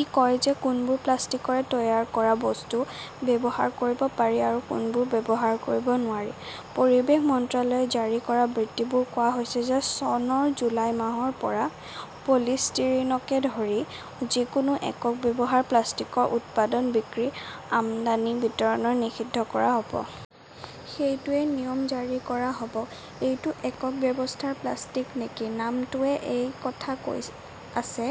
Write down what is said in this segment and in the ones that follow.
ই কয় যে কোনবোৰ প্লাষ্টিকৰে তৈয়াৰ কৰা বস্তু ব্যৱহাৰ কৰিব পাৰি আৰু কোনবোৰ ব্যৱহাৰ কৰিব নোৱাৰি। পৰিৱেশ মন্ত্ৰালয়ে জাৰি কৰা বিবৃতিত কোৱা হৈছে, " চনৰ জুলাই মাহৰ পৰা পলিষ্টিৰিনকে ধৰি যিকোনো একক ব্যৱহাৰৰ প্লাষ্টিকৰ উৎপাদন, বিক্ৰী, আমদানি, বিতৰণ নিষিদ্ধ কৰা হ" ব। "সেইটোৱেই নিয়ম জাৰি কৰা হ" ব। এইটো 'একক ব্যৱহাৰৰ প্লাষ্টিক "নেকি? নামটোৱে এই কথা কৈ আছে।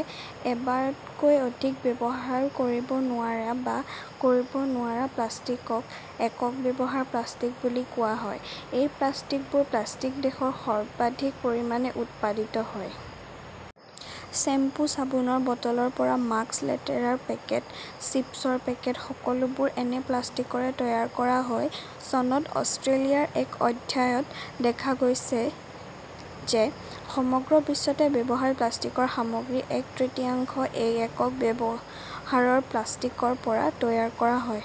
এবাৰতকৈ অধিক ব্যৱহাৰ কৰিব নোৱাৰা বা কৰিব নোৱাৰা প্লাষ্টিকক 'একক ব্যৱহাৰৰ প্লাষ্টিক "বুলি কোৱা হয়। এই সকলোবোৰ প্লাষ্টিক দেশত সৰ্বাধিক পৰিমাণে উৎপাদিত হয়। শ্বেম্পু, চাবোনৰ বটলৰ পৰা মাস্ক, লেতেৰাৰ পেকেট, চিপছৰ পেকেট-সকলোবোৰ এনে প্লাষ্টিকৰে তৈয়াৰ কৰা হয়। চনত অষ্ট্ৰেলিয়াৰ এক অধ্যয়নত দেখা গৈছিল যে সমগ্ৰ বিশ্বতে ব্যৱহৃত প্লাষ্টিকৰ সামগ্ৰীৰ এক তৃতীয়াংশ এই 'একক ব্যৱহাৰৰ প্লাষ্টিক "ৰ পৰা তৈয়াৰ কৰা হয়।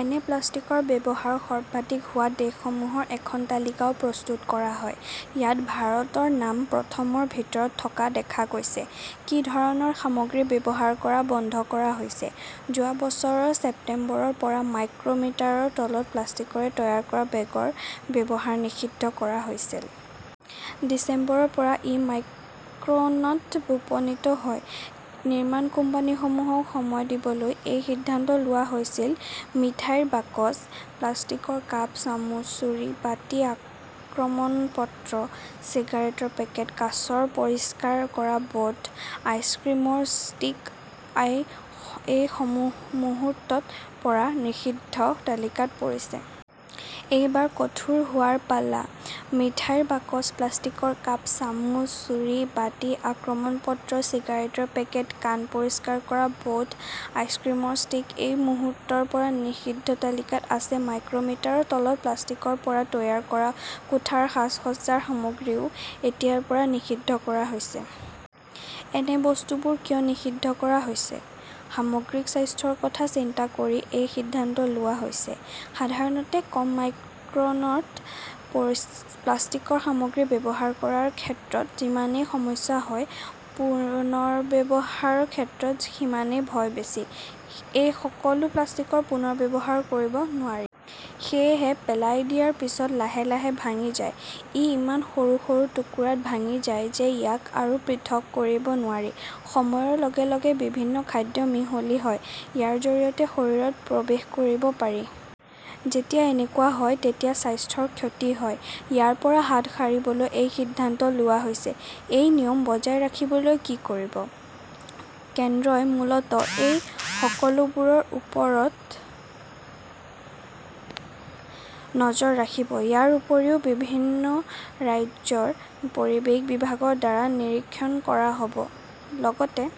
এনে প্লাষ্টিকৰ ব্যৱহাৰ সৰ্বাধিক হোৱা দেশসমূহৰ এখন তালিকাও প্ৰস্তুত কৰা হয়। ইয়াত ভাৰতৰ নাম প্ৰথম ৰ ভিতৰত থকা দেখা গৈছে। কি ধৰণৰ সামগ্ৰী ব্যৱহাৰ কৰা বন্ধ কৰা হৈছে? যোৱা বছৰৰ ছেপ্টেম্বৰৰ পৰা মাইক্ৰ "মিটাৰৰ তলৰ প্লাষ্টিকৰে তৈয়াৰ কৰা বেগৰ ব্যৱহাৰ নিষিদ্ধ কৰা হৈছিল। ডিচেম্বৰৰ পৰা ই মাইক্ৰনত উপনীত হয়। নিৰ্মাণ কোম্পানীসমূহক সময় দিবলৈ এই সিদ্ধান্ত লোৱা হৈছিল। মিঠাইৰ বাকচ, প্লাষ্টিকৰ কাপ, চামুচ, ছুৰী, বাটি, আমন্ত্ৰণ পত্ৰ, চিগাৰেটৰ পেকেট, কাঁচৰ পৰিষ্কাৰ কৰা বড, আইচক্ৰীমৰ ষ্টিক-এই মুহূৰ্তৰ পৰা নিষিদ্ধ তালিকাত পৰিছে। এইবাৰ কঠোৰ হোৱাৰ পালা। মিঠাইৰ বাকচ, প্লাষ্টিকৰ কাপ, চামুচ, ছুৰী, বাটি, আমন্ত্ৰণ পত্ৰ, চিগাৰেটৰ পেকেট, কাণ পৰিষ্কাৰ কৰা বড, আইচক্ৰীমৰ ষ্টিক-এই মুহূৰ্তৰ পৰা নিষিদ্ধ তালিকাত আছে। মাইক্ৰ "মিটাৰৰ তলৰ প্লাষ্টিকৰ পৰা তৈয়াৰ কৰা কোঠাৰ সাজ-সজ্জাৰ সামগ্ৰীও এতিয়াৰ পৰা নিষিদ্ধ কৰা হৈছে। এনে বস্তুবোৰ কিয় নিষিদ্ধ কৰা হৈছে? সামগ্ৰিক স্বাস্থ্যৰ কথা চিন্তা কৰি এই সিদ্ধান্ত লোৱা হৈছে। সাধাৰণতে কম মাইক্ৰনৰ প্লাষ্টিকৰ সামগ্ৰী ব্যৱহাৰ কৰাৰ ক্ষেত্ৰত যিমানেই সমস্যা হয়, পুনৰ্ব্যৱহাৰৰ ক্ষেত্ৰত সিমানেই ভয় বেছি। এই সকলো প্লাষ্টিক পুনৰ ব্যৱহাৰ কৰিব নোৱাৰি। সেয়েহে পেলাই দিয়াৰ পিছত লাহে লাহে ভাঙি যায়। ই ইমান সৰু সৰু টুকুৰাত ভাঙি যায় যে ইয়াক আৰু পৃথক কৰিব নোৱাৰি। সময়ৰ লগে লগে বিভিন্ন খাদ্যত মিহলি হয়। ইয়াৰ জৰিয়তে শৰীৰত প্ৰৱেশ কৰিব পাৰি। যেতিয়া এনেকুৱা হয় তেতিয়া স্বাস্থ্যৰ ক্ষতি হয়। ইয়াৰ পৰা হাত সাৰিবলৈ এই সিদ্ধান্ত লোৱা হৈছে। এই নিয়ম বজাই ৰাখিবলৈ কি কৰিব? কেন্দ্ৰই মূলতঃ এই সকলোবোৰৰ ওপৰত নজৰ ৰাখিব। ইয়াৰ উপৰিও, বিভিন্ন ৰাজ্যৰ পৰিৱেশ বিভাগৰ দ্বাৰা নিৰীক্ষণ কৰা হ 'ব। লগতে